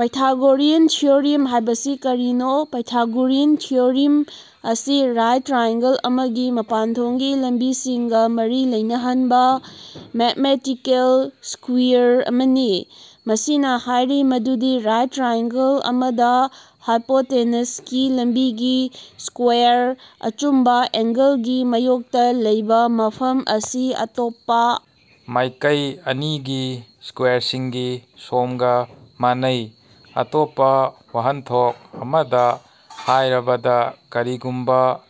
Pythagorean theorem ꯍꯥꯏꯕꯁꯤ ꯀꯔꯤꯅꯣ? Pythagorean theorem ꯑꯁꯤ ꯔꯥꯏꯠ ꯇ꯭ꯔꯥꯏꯑꯦꯡꯒꯜ ꯑꯃꯒꯤ ꯃꯄꯥꯟꯊꯣꯡꯒꯤ ꯂꯝꯕꯤꯁꯤꯡꯒ ꯃꯔꯤ ꯂꯩꯅꯍꯟꯕ ꯃꯦꯊꯃꯦꯇꯤꯀꯦꯜ ꯏꯀ꯭ꯌꯨꯏꯌꯔ ꯑꯃꯅꯤ꯫ ꯃꯁꯤꯅ ꯍꯥꯏꯔꯤ ꯃꯗꯨꯗꯤ ꯔꯥꯏꯠ ꯇ꯭ꯔꯥꯏꯑꯦꯡꯒꯜ ꯑꯃꯗ ꯍꯥꯏꯄꯣꯇꯦꯅꯁꯀꯤ ꯂꯝꯕꯤꯒꯤ ꯁ꯭ꯀꯣꯌꯥꯔ ,ꯑꯆꯨꯝꯕ ꯑꯦꯡꯒꯜꯒꯤ ꯃꯥꯌꯣꯛꯇ ꯂꯩꯕ ꯃꯐꯝ ꯑꯁꯤ ꯑꯇꯣꯞꯄ ꯃꯥꯏꯀꯩ ꯑꯅꯤꯒꯤ ꯁ꯭ꯀꯣꯌꯥꯔꯁꯤꯡꯒꯤ ꯁꯣꯝꯒ ꯃꯥꯟꯅꯩ꯫ ꯑꯇꯣꯞꯄ ꯋꯥꯍꯟꯊꯣꯛ ꯑꯃꯗ ꯍꯥꯏꯔꯕꯗ, ꯀꯔꯤꯒꯨꯝꯕ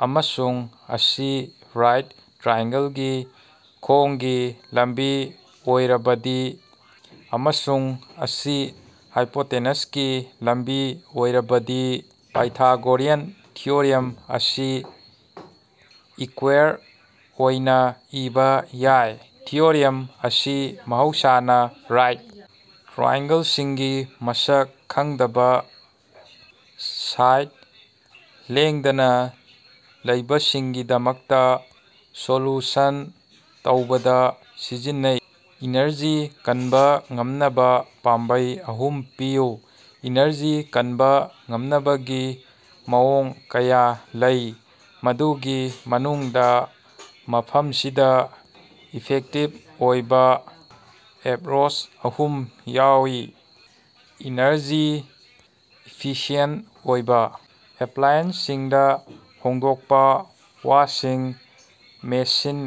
ꯑꯃꯁꯨꯡ ꯑꯁꯤ ꯔꯥꯏꯠ ꯇ꯭ꯔꯥꯏꯑꯦꯡꯒꯜꯒꯤ ꯈꯣꯡꯒꯤ ꯂꯝꯕꯤ ꯑꯣꯏꯔꯕꯗꯤ ꯑꯃꯁꯨꯡ ꯑꯁꯤ ꯍꯥꯏꯄꯣꯇꯦꯅꯁꯀꯤ ꯂꯝꯕꯤ ꯑꯣꯏꯔꯕꯗꯤ, ꯄꯥꯏꯊꯥꯒꯣꯔꯤꯌꯟ ꯊꯤꯑꯣꯔꯤꯝ ꯑꯁꯤ ꯏꯀ꯭ꯌꯨꯏꯌꯔ ꯑꯣꯏꯅ ꯏꯕꯥ ꯌꯥꯏ꯫ ꯊꯤꯑꯣꯔꯤꯝ ꯑꯁꯤ ꯃꯍꯧꯁꯥꯅ ꯔꯥꯏꯠ ꯇ꯭ꯔꯥꯏꯑꯦꯡꯒꯜꯁꯤꯡꯒꯤ ꯃꯁꯛ ꯈꯪꯗꯕ ꯁꯥꯏꯗ ꯂꯦꯡꯗꯅ ꯂꯩꯕꯁꯤꯡꯒꯤꯗꯃꯛꯇ ꯁꯣꯂ꯭ꯌꯨꯁꯟ ꯇꯧꯕꯗ ꯁꯤꯖꯤꯟꯅꯩ꯫ ꯏꯅꯔꯖꯤ ꯀꯟꯕ ꯉꯝꯅꯕ ꯄꯥꯝꯕꯩ ꯑꯍꯨꯝ ꯄꯤꯌꯨ꯫ ꯏꯅꯔꯖꯤ ꯀꯟꯕ ꯉꯝꯅꯕꯒꯤ ꯃꯑꯣꯡ ꯀꯌꯥ ꯂꯩ, ꯃꯗꯨꯒꯤ ꯃꯅꯨꯡꯗ, ꯃꯐꯝꯁꯤꯗ ꯏꯐꯦꯛꯇꯤꯚ ꯑꯣꯏꯕ‌ ꯑꯦꯞꯔꯣꯆ ꯑꯍꯨꯝ ꯌꯥꯎꯏ - ꯑꯦꯅꯔꯖꯤ ꯏꯐꯤꯁꯤꯑꯦꯟꯇ ꯑꯣꯏꯕ ꯑꯦꯄ꯭ꯂꯥꯏꯑꯦꯟꯁꯁꯤꯡꯗ ꯍꯣꯡꯗꯣꯛꯄ -ꯋꯥꯁꯤꯡ ꯃꯦꯁꯤꯟ,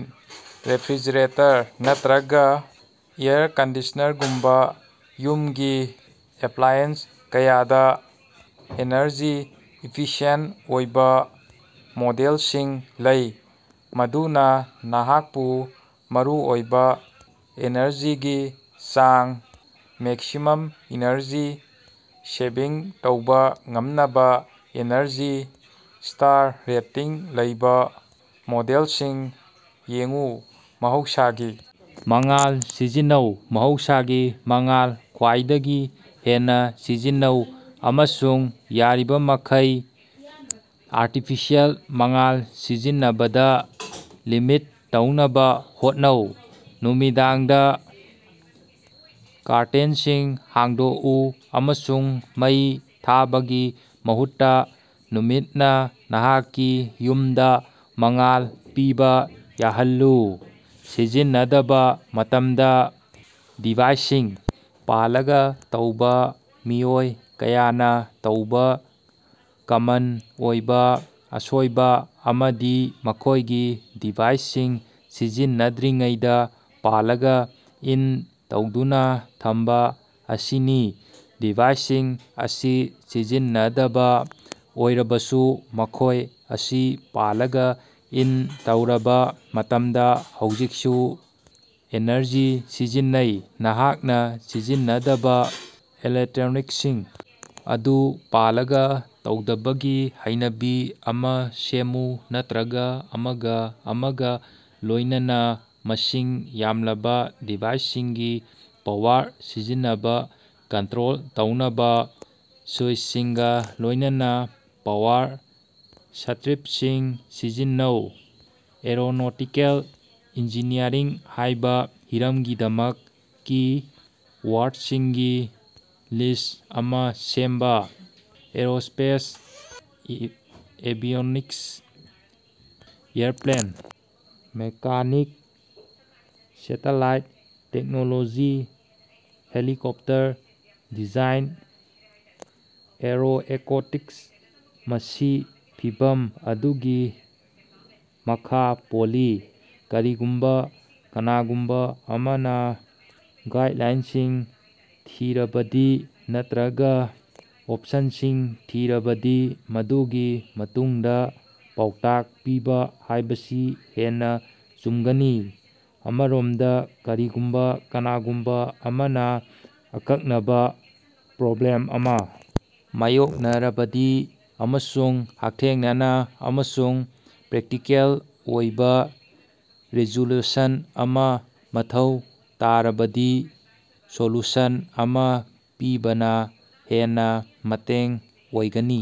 ꯔꯦꯐ꯭ꯔꯤꯖꯔꯦꯇꯔ, ꯅꯠꯇꯔꯒ ꯑꯦꯌꯔ ꯀꯟꯗꯤꯁꯅ꯭ꯔꯒꯨꯝꯕ ꯌꯨꯝꯒꯤ ꯑꯦꯄ꯭ꯂꯥꯏꯑꯦꯟꯁ ꯀꯌꯥꯗ ꯑꯦꯅꯔꯖꯤ ꯏꯐꯤꯁꯤꯑꯦꯟꯇ ꯑꯣꯏꯕ ꯃꯣꯗꯦꯜꯁꯤꯡ ꯂꯩ, ꯃꯗꯨꯅ ꯅꯍꯥꯛꯄꯨ ꯃꯔꯨꯑꯣꯏꯕ ꯑꯦꯅꯔꯖꯤꯒꯤ ꯆꯥꯡ ꯃꯦꯛꯁꯤꯃꯝ ꯑꯦꯅꯔꯖꯤ ꯁꯦꯚꯤꯡ ꯇꯧꯕ ꯉꯝꯅꯕ ꯑꯦꯅꯔꯖꯤ ꯁ꯭ꯇꯥꯔ ꯔꯦꯇꯤꯡ ꯂꯩꯕ ꯃꯣꯗꯦꯜꯁꯤꯡ ꯌꯦꯡꯎ꯫ ꯃꯍꯧꯁꯥꯒꯤ ꯃꯉꯥꯜ ꯁꯤꯖꯤꯟꯅꯧ - ꯃꯍꯧꯁꯥꯒꯤ ꯃꯉꯥꯜ ꯈ꯭ꯋꯥꯏꯗꯒꯤ ꯍꯦꯟꯅ ꯁꯤꯖꯤꯟꯅꯧ ꯑꯃꯁꯨꯡ ꯌꯥꯔꯤꯕ ꯃꯈꯩ ꯑꯥꯔꯇꯤꯐꯤꯁꯤꯑꯦꯜ ꯃꯉꯥꯜ ꯁꯤꯖꯤꯟꯅꯕꯗ ꯂꯤꯃꯤꯠ ꯇꯧꯅꯕ ꯍꯣꯠꯅꯧ꯫ ꯅꯨꯃꯤꯗꯥꯡꯗ ꯀꯥꯔꯇꯦꯟꯁꯤꯡ ꯍꯥꯡꯗꯣꯛꯎ ꯑꯃꯁꯨꯡ ꯃꯩ ꯊꯥꯕꯒꯤ ꯃꯍꯨꯠꯇ ꯅꯨꯃꯤꯠꯅ ꯅꯍꯥꯛꯀꯤ ꯌꯨꯝꯗ ꯃꯉꯥꯜ ꯄꯤꯕ ꯌꯥꯍꯜꯂꯨ꯫ ꯁꯤꯖꯤꯟꯅꯗꯕ ꯃꯇꯝꯗ ꯗꯤꯚꯥꯏꯁꯁꯤꯡ ꯄ꯭ꯂꯒ ꯇꯧꯕ -ꯃꯤꯑꯣꯏ ꯀꯌꯥꯅ ꯇꯧꯕ ꯀꯃꯟ ꯑꯣꯏꯕ ꯑꯁꯣꯏꯕ ꯑꯃꯗꯤ ꯃꯈꯣꯏꯒꯤ ꯗꯤꯚꯥꯏꯁꯁꯤꯡ ꯁꯤꯖꯤꯟꯅꯗ꯭ꯔꯤꯉꯩꯗ ꯄ꯭ꯂꯒ ꯏꯟ ꯇꯧꯗꯨꯅ ꯊꯝꯕ ꯑꯁꯤꯅꯤ꯫ ꯗꯤꯚꯥꯏꯁꯁꯤꯡ ꯑꯁꯤ ꯁꯤꯖꯤꯟꯅꯗꯕ ꯑꯣꯏꯔꯕꯁꯨ, ꯃꯈꯣꯏ ꯑꯁꯤ ꯄ꯭ꯂꯒ ꯏꯟ ꯇꯧꯔꯕ ꯃꯇꯝꯗ ꯍꯧꯖꯤꯛꯁꯨ ꯑꯦꯅꯔꯖꯤ ꯁꯤꯖꯤꯟꯅꯩ, ꯅꯍꯥꯛꯅ ꯁꯤꯖꯤꯟꯅꯗꯕ ꯏꯂꯦꯛꯇ꯭ꯔꯣꯅꯤꯛꯁꯁꯤꯡ ꯑꯗꯨ ꯄ꯭ꯂꯒ ꯇꯧꯗꯕꯒꯤ ꯍꯩꯅꯕꯤ ꯑꯃ ꯁꯦꯝꯃꯨ, ꯅꯠꯇꯔꯒ ꯑꯃꯒꯥ ꯑꯃꯒꯥ ꯂꯣꯏꯅꯅ ꯃꯁꯤꯡ ꯌꯥꯝꯂꯕ‌ ꯗꯤꯚꯥꯏꯁꯁꯤꯡꯒꯤ ꯄꯥꯋꯔ ꯁꯤꯖꯤꯟꯅꯕ ꯀꯟꯇ꯭ꯔꯣꯜ ꯇꯧꯅꯕ ꯁꯨꯏꯆꯁꯤꯡꯒ ꯂꯣꯏꯅꯕ ꯄꯥꯋꯔ ꯁ꯭ꯇꯔꯤꯞꯁꯤꯡ ꯁꯤꯖꯤꯟꯅꯧ꯫ ꯑꯦꯔꯣꯅꯣꯇꯤꯀꯦꯜ ꯏꯟꯖꯤꯅꯤꯌꯔꯤꯡ ꯍꯥꯏꯕ ꯍꯤꯔꯝꯒꯤꯗꯃꯛ ꯀꯤ-ꯋꯥꯔꯗꯁꯤꯡꯒꯤ ꯂꯤꯁ꯭ꯠ ꯑꯃ ꯁꯦꯝꯕ꯫ Aerospace avionics airplane mechanics satellite technology helicopter design aeroacoustics ꯃꯁꯤ ꯐꯤꯚꯝ ꯑꯗꯨꯒꯤ ꯃꯈ ꯄꯣꯜꯂꯤ꯫ ꯀꯔꯤꯒꯨꯝꯕ ꯀꯅꯥꯒꯨꯝꯕ ꯑꯃꯅ ꯒꯥꯏꯗꯂꯥꯏꯟꯁꯤꯡ ꯊꯤꯔꯕꯗꯤ ꯅꯠꯇꯔꯒ ꯑꯣꯞꯁꯟꯁꯤꯡ ꯊꯤꯔꯕꯗꯤ, ꯃꯗꯨꯒꯤ ꯃꯇꯨꯡꯗ ꯄꯥꯎꯇꯥꯛ ꯄꯤꯕ ꯍꯥꯏꯕꯁꯤ ꯍꯦꯟꯅ ꯆꯨꯝꯒꯅꯤ꯫ ꯑꯃꯔꯣꯝꯗ, ꯀꯔꯤꯒꯨꯝꯕ ꯀꯅꯥꯒꯨꯝꯕ ꯑꯃꯅ ꯑꯀꯛꯅꯕ ꯄ꯭ꯔꯣꯕ꯭ꯂꯦꯝ ꯑꯃ ꯃꯥꯌꯣꯛꯅꯔꯕꯗꯤ ꯑꯃꯁꯨꯡ ꯍꯛꯊꯦꯡꯅꯅ ꯑꯃꯁꯨꯡ ꯄ꯭ꯔꯦꯛꯇꯤꯀꯦꯜ ꯑꯣꯏꯕ ꯔꯤꯖꯣꯂꯨꯁꯟ ꯑꯃ ꯃꯊꯧ ꯇꯥꯔꯕꯗꯤ ꯁꯣꯂꯨꯁꯟ ꯑꯃ ꯄꯤꯕꯅ ꯍꯦꯟꯅ ꯃꯇꯦꯡ ꯑꯣꯏꯒꯅꯤ꯫